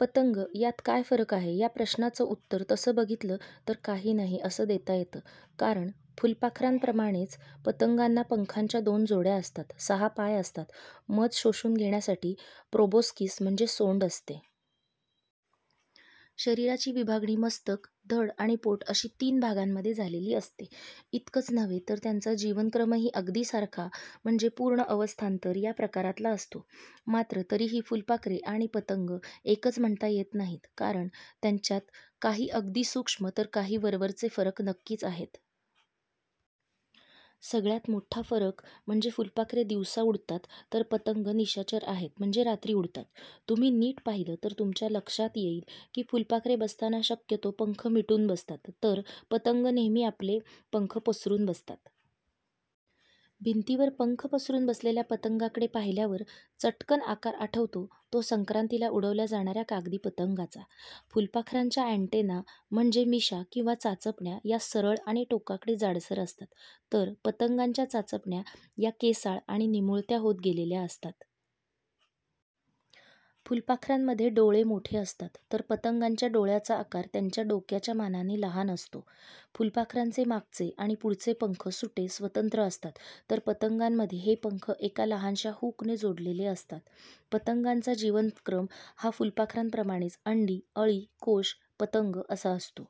पतंग यात काय फरक आहे? या प्रश्नाचं उत्तर तसं बघितलं तर काही नाही' असं देता येतं. कारण फुलपाखरांप्रमाणेच पतंगांना पंखांच्या दोन जोड्या असतात. सहा पाय असतात. मध शोषून घेण्यासाठी प्रोबोस्किस म्हणजे सोंड असते. शरीराची विभागणी मस्तक, धड आणि पोट अशी तीन भागांमध्ये झालेली असते. इतकंच नव्हे तर त्यांचा जीवनक्रमही अगदी सारखा म्हणजे पूर्ण अवस्थांतर या प्रकारातला असतो. मात्र तरीही फुलपाखरे आणि पतंग एकच म्हणता येत नाहीत, कारण त्यांच्यात काही अगदी सूक्ष्म तर काही वरवरचे फरक नक्कीच आहेत. सगळ्यात मोठा फरक म्हणजे फुलपाखरे दिवसा उडतात, तर पतंग निशाचर आहेत. म्हणजे रात्री उडतात. तुम्ही नीट पाहिलं तर तुमच्या लक्षात येईल की फुलपाखरे बसताना शक्यतो पंख मिटून बसतात, तर पतंग नेहमी आपले पंख पसरून बसतात. भिंतीवर पंख पसरुन बसलेल्या पतंगाकडे पाहिल्यावर चटकन आकार आठवतो तो संक्रातीला उडवल्या जाणाऱ्या कागदी पतंगाचा. फुलपाखरांच्या ॲन्टेना म्हणजे मिशा किंवा चाचपण्या या सरळ आणि टोकाकडे जाडसर असतात, तर पतंगांच्या चाचपण्या या केसाळ आणि निमुळत्या होत गेलेल्या असतात. फुलपाखरांमध्ये डोळे मोठे असतात, तर पतंगांच्या डोळ्याचा आकार त्यांच्या डोक्याच्या मानाने लहान असतो. फुलपाखरांचे मागचे आणि पुढचे पंख सुटे, स्वतंत्र असतात, तर पतंगांमध्ये हे पंख एका लहानशा हुकने जोडलेले असतात. पतंगांचा जीवनक्रम हा फुलपाखरांप्रमाणेच अंडी, अळी, कोश, पतंग असा असतो.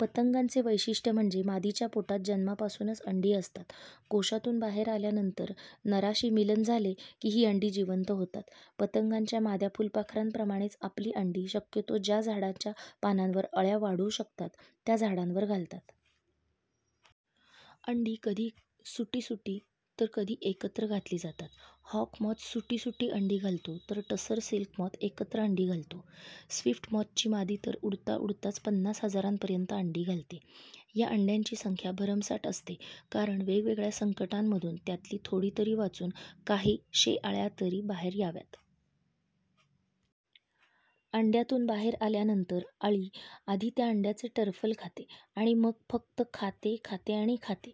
पतंगांचे वैशिष्ट्य म्हणजे मादीच्या पोटात जन्मापासूनच अंडी असतात, कोशातून बाहेर आल्यानंतर नराशी मिलन झाले की ही अंडी 'जिवंत' होतात. पतंगांच्या माद्या फुलपाखरांप्रमाणेच आपली अंडी शक्यतो ज्या झाडाच्या पानांवर अळ्या वाढू शकतात, त्या झाडांवर घालतात. अंडी कधी सुटी सुटी, तर कधी एकत्र घातली जातात. हॉक मॉथ सुटी सुटी अंडी घालतो, तर टसर सिल्क मॉथ एकत्र अंडी घालतो. स्विफ्ट मॉथची मादी तर उडताउडताच पन्नास हजारांपर्यंत अंडी घालते. या अंड्यांची संख्या भरमसाठ असते, कारण वेगवेगळ्या संकटांमधून त्यातली थोडी तरी वाचून, काही शे अळ्यातरी बाहेर याव्यात. अंड्यातून बाहेर आल्यानंतर अळी आधी त्या अंड्याचे टरफल खाते आणि मग फक्त खाते, खाते आणि खाते.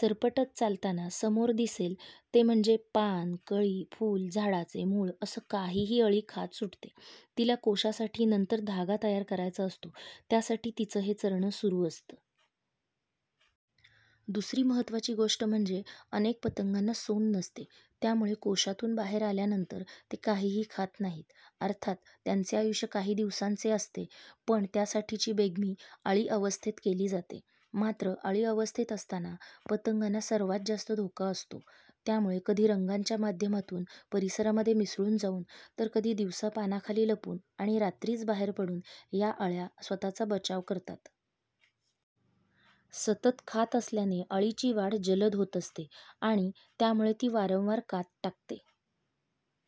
सरपटत चालताना समोर दिसेल ते म्हणजे पान, कळी, फूल, झाडाचे मूळ असं काहीही अळी खात सुटते. तिला कोशासाठी नंतर धागा तयार करायचा असतो, त्यासाठी तिचं हे चरणं सुरू असतं. दुसरी महत्त्वाची गोष्ट म्हणजे अनेक पतंगांना सोंड नसते. त्यामुळे कोशातून बाहेर आल्यानंतर ते काहीही खात नाहीत. अर्थात त्यांचे आयुष्य काही दिवसांचे असते, पण त्यासाठीची बेगमी अळी अवस्थेत केली जाते. मात्र अळी अवस्थेत असताना पतंगांना सर्वात जास्त धोका असतो, त्यामुळे कधी रंगांच्या माध्यमातून परिसरामध्ये मिसळून जाऊन, तर कधी दिवसा पानाखाली लपून आणि रात्रीच बाहेर पडून या अळ्या स्वतःचा बचाव करतात. सतत खात असल्याने अळीची वाढ जलद होत असते आणि त्यामुळे ती वारंवार कात टाकते.